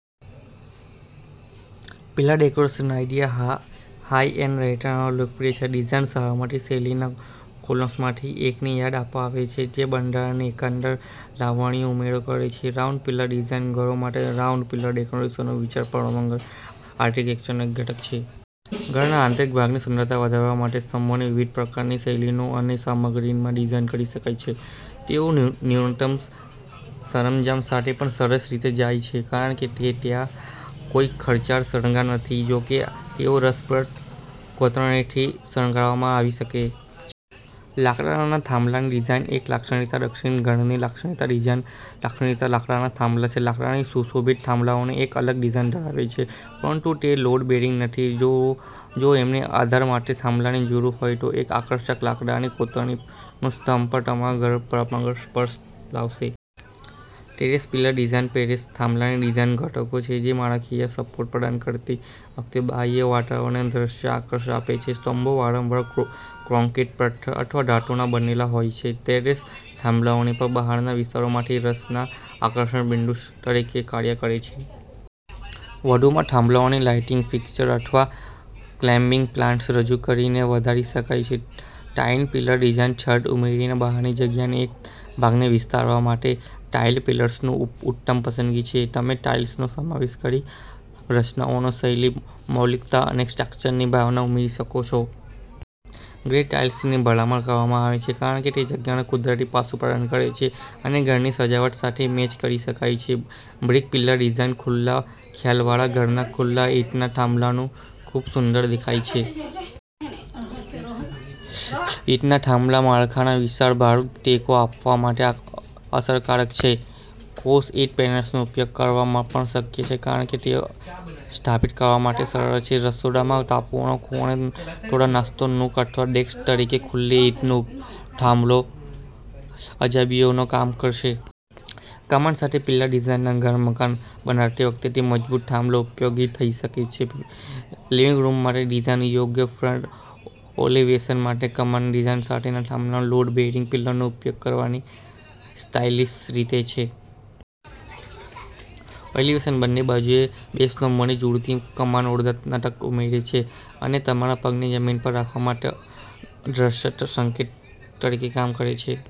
Pillar decoration idea high end રહેઠાણોમાં લોકપ્રિય છે. ડિઝાઇન સાહતી શૈલીના કૉલમ્સમાંથી એકની યાદ અપાવે છે જે બંધારણની એકંદર લાવણ્યમાં ઉમેરો કરે છે. રાઉન્ડ પિલર ડિઝાઇન, ઘરો માટે રાઉન્ડ પિલર ડેકોરેશનના વિચારો પરંપરાગત આર્કિટેક્ચરલ ઘટકો છે. ઘરના આંતરિક ભાગની સુંદરતા વધારવા માટે સ્તંભોને વિવિધ પ્રકારની શૈલીઓ અને સામગ્રીમાં ડિઝાઇન કરી શકાય છે. તેઓ ન્યૂનતમ સરંજામ સાથે પણ સરસ રીતે જાય છે કારણ કે ત્યાં કોઈ ખર્ચાળ શણગાર નથી. જો કે, તેઓ રસપ્રદ કોતરણીથી શણગારવામાં આવી શકે છે. લાકડાના થાંભલાની ડિઝાઇન એક લાક્ષણિક દક્ષિણ ઘરની લાક્ષણિક ડિઝાઇન લાક્ષણિકતા લાકડાના થાંભલા છે. લાકડાના સુશોભિત થાંભલાઓ એક અલગ ડિઝાઇન ધરાવે છે પરંતુ તે લોડ બેરિંગ નથી. જો એમને આધાર માટે થાંભલાની જરૂર હોય તો એક આકર્ષક લાકડાની કોતરણીનો સ્તંભ તમારા ઘરમાં પરંપરાગત સ્પર્શ લાવશે. ટેરેસ પિલર ડિઝાઇન ટેરેસ થાંભલા ડિઝાઇન ઘટકો છે જે માળખાકીય સપોર્ટ પ્રદાન કરતી વખતે બાહ્ય વાતાવરણને દ્રશ્ય આકર્ષણ આપે છે. સ્તંભો વારંવાર કોંક્રિટ, પથ્થર અથવા ધાતુના બનેલા હોય છે. ટેરેસ થાંભલાઓ પણ બહારના વિસ્તારોમાં રસના આકર્ષક બિંદુઓ તરીકે કાર્ય કરે છે. વધુમાં, થાંભલાઓને લાઇટિંગ ફિક્સર અથવા ક્લાઇમ્બિંગ પ્લાન્ટ્સ રજૂ કરીને વધારી શકાય છે. ટાઇલ્ડ પિલર ડિઝાઇન છત ઉમેરીને બહારની જગ્યાના એક ભાગને વિસ્તારવા માટે ટાઇલ્ડ પિલર્સ ઉત્તમ પસંદગી છે. તમે ટાઇલ્સનો સમાવેશ કરીને રચનાઓમાં શૈલી, મૌલિકતા અને ટેક્સચરની ભાવના ઉમેરી શકો છો. ગ્રે ટાઇલ્સની ભલામણ કરવામાં આવે છે કારણ કે તે જગ્યાને કુદરતી પાસું પ્રદાન કરે છે અને ઘરની સજાવટ સાથે મેચ કરી શકાય છે. બ્રિક પિલર ડિઝાઇન ખુલ્લા ખ્યાલવાળા ઘરમાં, ખુલ્લા ઈંટના થાંભલા ખૂબ સુંદર દેખાય છે. ઈંટના થાંભલા માળખાના વિશાળ ભારને ટેકો આપવા માટે અસરકારક છે. ફોક્સ ઈંટ પેનલ્સનો ઉપયોગ કરવો પણ શક્ય છે કારણ કે તે સ્થાપિત કરવા માટે સરળ છે. રસોડાના ટાપુના ખૂણે થોડો નાસ્તો નૂક અથવા ડેસ્ક તરીકે ખુલ્લી ઈંટનો થાંભલો અજાયબીઓનું કામ કરશે. કમાન સાથે પિલર ડિઝાઇન ઘરમાં કમાન બનાવતી વખતે, બે મજબૂત થાંભલા ઉપયોગી થઈ શકે છે. લિવિંગ રૂમ માટે ડિઝાઇન યોગ્ય છે. ફ્રન્ટ એલિવેશન માટે કમાન ડિઝાઇન સાથેનો થાંભલો લોડ બેરિંગ પિલરનો ઉપયોગ કરવાની સ્ટાઇલિશ રીત છે. એલિવેશનની બંને બાજુએ બે સ્તંભોને જોડતી કમાન ઓરડામાં નાટક ઉમેરે છે અને તમારા પગને જમીન પર રાખવા માટે દ્રશ્ય સંકેત તરીકે કામ કરે છે.